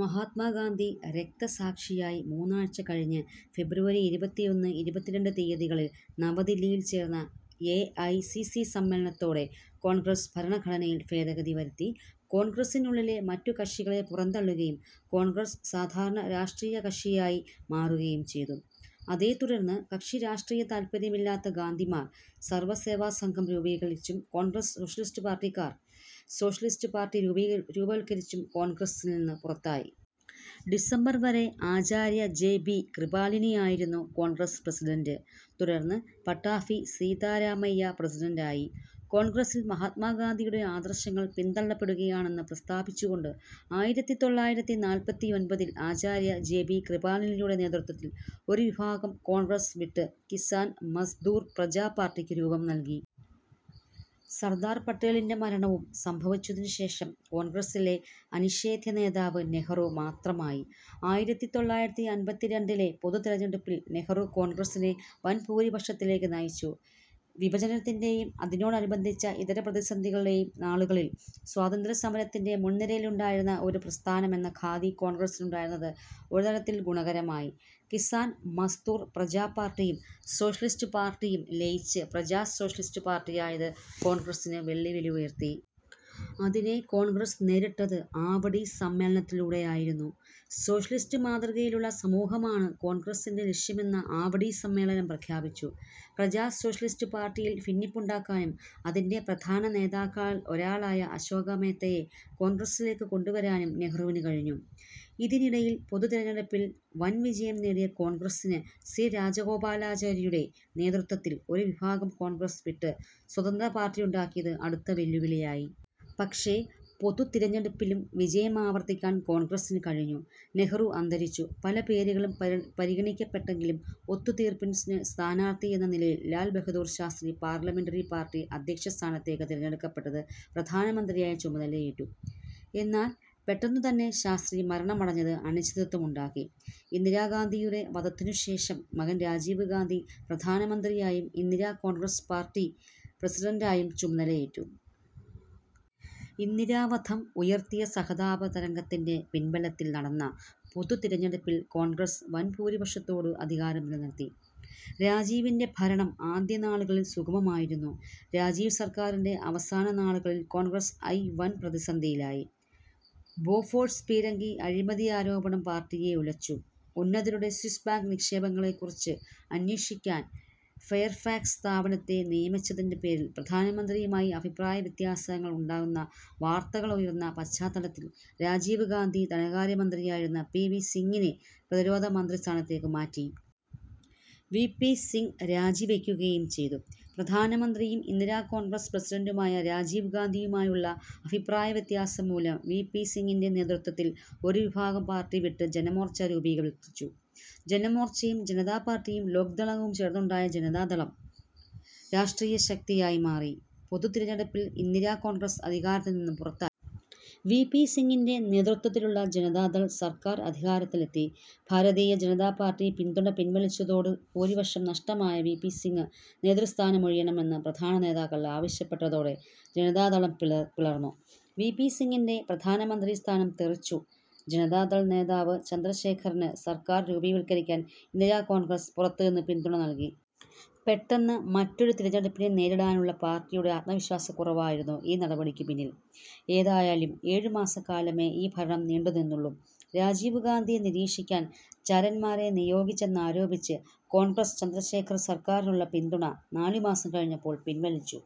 മഹാത്മാ ഗാന്ധി രക്തസാക്ഷിയായി മൂന്നാഴ്ച കഴിഞ്ഞ് ഫെബ്രുവരി ഇരുപത്തിയൊന്ന്, ഇരുപത്തിരണ്ട് തീയതികളിൽ നവദില്ലിയിൽ ചേർന്ന എ ഐ സി സി സമ്മേളനത്തോടെ കോൺഗ്രസ് ഭരണഘടനയിൽ ഭേദഗതി വരുത്തി കോൺഗ്രസിനുള്ളിലെ മറ്റു കക്ഷികളെ പുറന്തള്ളുകയും കോൺഗ്രസ് സാധാരണ രാഷ്ട്രീയ കക്ഷിയായി മാറുകയും ചെയ്തു. അതേത്തുടർന്ന് കക്ഷിരാഷ്ട്രീയ താൽപര്യമില്ലാത്ത ഗാന്ധിയന്മാർ സർവ സേവാ സംഘം രൂപവൽക്കരിച്ചും കോൺഗ്രസ് സോഷ്യലിസ്റ്റ് പാർട്ടിക്കാർ സോഷ്യലിസ്റ്റ് പാർട്ടി രൂപവൽക്കരിച്ചും കോൺഗ്രസിന് പുറത്തായി. ഡിസംബർ വരെ ആചാര്യ ജെ ബി കൃപലാനിയായിരുന്നു കോൺഗ്രസ് പ്രസിഡന്റ്. തുടർന്ന് പട്ടാഭി സീതാരാമയ്യ പ്രസിഡന്റായി. കോൺഗ്രസിൽ മഹാത്മാഗാന്ധിയുടെ ആദർശങ്ങൾ പിന്തള്ളപ്പെടുകയാണെന്ന് പ്രസ്താവിച്ചുകൊണ്ട് ആയിരത്തി തൊള്ളായിരത്തി നാല്പത്തിയൊൻപതിൽ ആചാര്യ ജെ ബി കൃപലാനിയുടെ നേതൃത്വത്തിൽ ഒരുവിഭാഗം കോൺഗ്രസ് വിട്ട് കിസാൻ മസ്ദൂർ പ്രജാ പാർട്ടിക്ക് രൂപം നൽകി. സർദാർ പട്ടേലിൻ്റെ മരണവും സംഭവിച്ചതിനുശേഷം കോൺഗ്രസിലെ അനിഷേധ്യ നേതാവ് നെഹ്രു മാത്രമായി. ആയിരത്തി തൊള്ളായിരത്തി അമ്പത്തിരണ്ടിലെ പൊതു തിരഞ്ഞെടുപ്പിൽ നെഹ്രു കോൺഗ്രസിനെ വൻഭൂരിപക്ഷത്തിലേക്ക് നയിച്ചു. വിഭജനത്തിൻ്റെ യും അതിനോടനുബന്ധിച്ച ഇതര പ്രതിസന്ധികളുടെയും നാളുകളിൽ സ്വാതന്ത്ര്യസമരത്തിൻ്റെ മുൻനിരയിലുണ്ടായിരുന്ന ഒരു പ്രസ്ഥാനം എന്ന ഖ്യാതി കോൺഗ്രസിനുണ്ടായിരുന്നത് ഒരുതരത്തിൽ ഗുണകരമായി. കിസാൻ മസ്ദൂർ പ്രജാ പാർട്ടിയും സോഷ്യലിസ്റ്റ് പാർട്ടിയും ലയിച്ച് പ്രജാ സോഷ്യലിസ്റ്റ് പാർട്ടിയായത് കോൺഗ്രസിന് വെല്ലുവിളിയുയർത്തി. അതിനെ കോൺഗ്രസ് നേരിട്ടത് ആവടി സമ്മേളനത്തിലൂടെയായിരുന്നു. സോഷ്യലിസ്റ്റ് മാതൃകയിലുള്ള സമൂഹമാണ് കോൺഗ്രസിൻ്റെ ലക്ഷ്യമെന്ന് ആവടി സമ്മേളനം പ്രഖ്യാപിച്ചു. പ്രജാ സോഷ്യലിസ്റ്റ് പാർട്ടിയിൽ ഭിന്നിപ്പുണ്ടാക്കാനും അതിൻ്റെ പ്രധാന നേതാക്കളിലൊരാളായ അശോക മേത്തയെ കോൺഗ്രസിലേക്ക് കൊണ്ടുവരാനും നെഹ്രുവിന് കഴിഞ്ഞു. ഇതിനിടെ പൊതു തിരഞ്ഞെടുപ്പിൽ വൻവിജയം നേടിയ കോൺഗ്രസിന് സി രാജഗോപാലാചാരിയുടെ നേതൃത്വത്തിൽ ഒരു വിഭാഗം കോൺഗ്രസ് വിട്ട് സ്വതന്ത്ര പാർട്ടിയുണ്ടാക്കിയത് അടുത്ത വെല്ലുവിളിയായി. പക്ഷേ, പൊതു തിരഞ്ഞെടുപ്പിലും വിജയം ആവർത്തിക്കാൻ കോൺഗ്രസിന് കഴിഞ്ഞു. നെഹ്രു അന്തരിച്ചു. പല പേരുകളും പരിഗണിക്കപ്പെട്ടെങ്കിലും ഒത്തുതീർപ്പ് സ്ഥാനാർഥി എന്ന നിലയിൽ ലാൽ ബഹാദൂർ ശാസ്ത്രി പാർലമെന്ററി പാർട്ടി അധ്യക്ഷസ്ഥാനത്തേക്ക് തിരഞ്ഞെടുക്കപ്പെട്ട് പ്രധാനമന്ത്രിയായി ചുമതലയേറ്റു. എന്നാൽ പെട്ടെന്നുതന്നെ ശാസ്ത്രി മരണമടഞ്ഞത് അനിശ്ചിതത്വമുണ്ടാക്കി. ഇന്ദിരാ ഗാന്ധിയുടെ വധത്തിനുശേഷം മകൻ രാജീവ് ഗാന്ധി പ്രധാനമന്ത്രിയായും ഇന്ദിരാ കോൺഗ്രസ് പാർട്ടി പ്രസിഡന്റായും ചുമതലയേറ്റു. ഇന്ദിരാ വധം ഉയർത്തിയ സഹതാപതരംഗത്തിൻ്റെ പിൻബലത്തിൽ നടന്ന പൊതു തിരഞ്ഞെടുപ്പിൽ കോൺഗ്രസ് വൻഭൂരിപക്ഷത്തോടെ അധികാരം നിലനിർത്തി. രാജീവിൻ്റെ ഭരണം ആദ്യ നാളുകളിൽ സുഗമമായിരുന്നു. രാജീവ് സർക്കാരിൻ്റെ അവസാന നാളുകളിൽ കോൺഗ്രസ് ഐ വൻ പ്രതിസന്ധിയിലായി. ബോഫോഴ്സ് പീരങ്കി അഴിമതി ആരോപണം പാർട്ടിയെ ഉലച്ചു. ഉന്നതരുടെ സ്വിസ് ബാങ്ക് നിക്ഷേപങ്ങളെക്കുറിച്ച് അന്വേഷിക്കാൻ ഫെയർഫാക്സ് സ്ഥാപനത്തെ നിയമിച്ചതിൻ്റെ പേരിൽ പ്രധാനമന്ത്രിയുമായി അഭിപ്രായവ്യത്യാസങ്ങളുണ്ടെന്ന വാർത്തകളുയർന്ന പശ്ചാത്തലത്തിൽ രാജീവ് ഗാന്ധി ധനകാര്യ മന്ത്രിയായിരുന്ന വി പി സിംഗിനെ പ്രതിരോധ മന്ത്രിസ്ഥാനത്തേക്ക് മാറ്റി. വി പി സിംഗ് രാജിവയ്ക്കുകയും ചെയ്തു. പ്രധാനമന്ത്രിയും ഇന്ദിരാ കോൺഗ്രസ് പ്രസിഡന്റുമായ രാജീവ് ഗാന്ധിയുമായുള്ള അഭിപ്രായവ്യത്യാസം മൂലം വി പി സിംഗിൻ്റെ നേതൃത്വത്തിൽ ഒരു വിഭാഗം പാർട്ടി വിട്ട് ജനമോർച്ച രൂപവൽക്കരിച്ചു. ജനമോർച്ചയും ജനതാ പാർട്ടിയും ലോക് ദളും ചേർന്നുണ്ടായ ജനതാദളം രാഷ്ട്രീയശക്തിയായി മാറി. പൊതു തിരഞ്ഞെടുപ്പിൽ ഇന്ദിരാ കോൺഗ്രസ് അധികാരത്തിൽനിന്നും പുറത്തായി. വി പി സിംഗിൻ്റെ നേതൃത്വത്തിലുള്ള ജനതാദൾ സർക്കാർ അധികാരത്തിലെത്തി. ഭാരതീയ ജനതാ പാർട്ടി പിന്തുണ പിൻവലിച്ചതോടെ ഭൂരിപക്ഷം നഷ്ടമായ വി പി സിംഗ് നേതൃസ്ഥാനമൊഴിയണമെന്ന് പ്രധാനനേതാക്കൾ ആവശ്യപ്പെട്ടതോടെ ജനതാദളം പിളർന്നു. വി പി സിംഗിൻ്റെ പ്രധാനമന്ത്രിസ്ഥാനം തെറിച്ചു. ജനതാദൾ നേതാവ് ചന്ദ്രശേഖറിന് സർക്കാർ രൂപവത്കരിക്കാൻ ഇന്ദിരാ കോൺഗ്രസ് പുറത്തുനിന്ന് പിന്തുണ നൽകി. പെട്ടെന്ന് മറ്റൊരു തിരഞ്ഞെടുപ്പിനെ നേരിടാനുള്ള പാർട്ടിയുടെ ആത്മവിശ്വാസക്കുറവായിരുന്നു ഈ നടപടിക്കു പിന്നിൽ. ഏതായാലും ഏഴുമാസക്കാലമേ ഈ ഭരണം നീണ്ടുനിന്നുള്ളൂ. രാജീവ് ഗാന്ധിയെ നിരീക്ഷിക്കാൻ ചാരന്മാരെ നിയോഗിച്ചെന്നാരോപിച്ച് കോൺഗ്രസ് ചന്ദ്രശേഖർ സർക്കാരിനുള്ള പിന്തുണ നാലുമാസം കഴിഞ്ഞപ്പോൾ പിൻവലിച്ചു.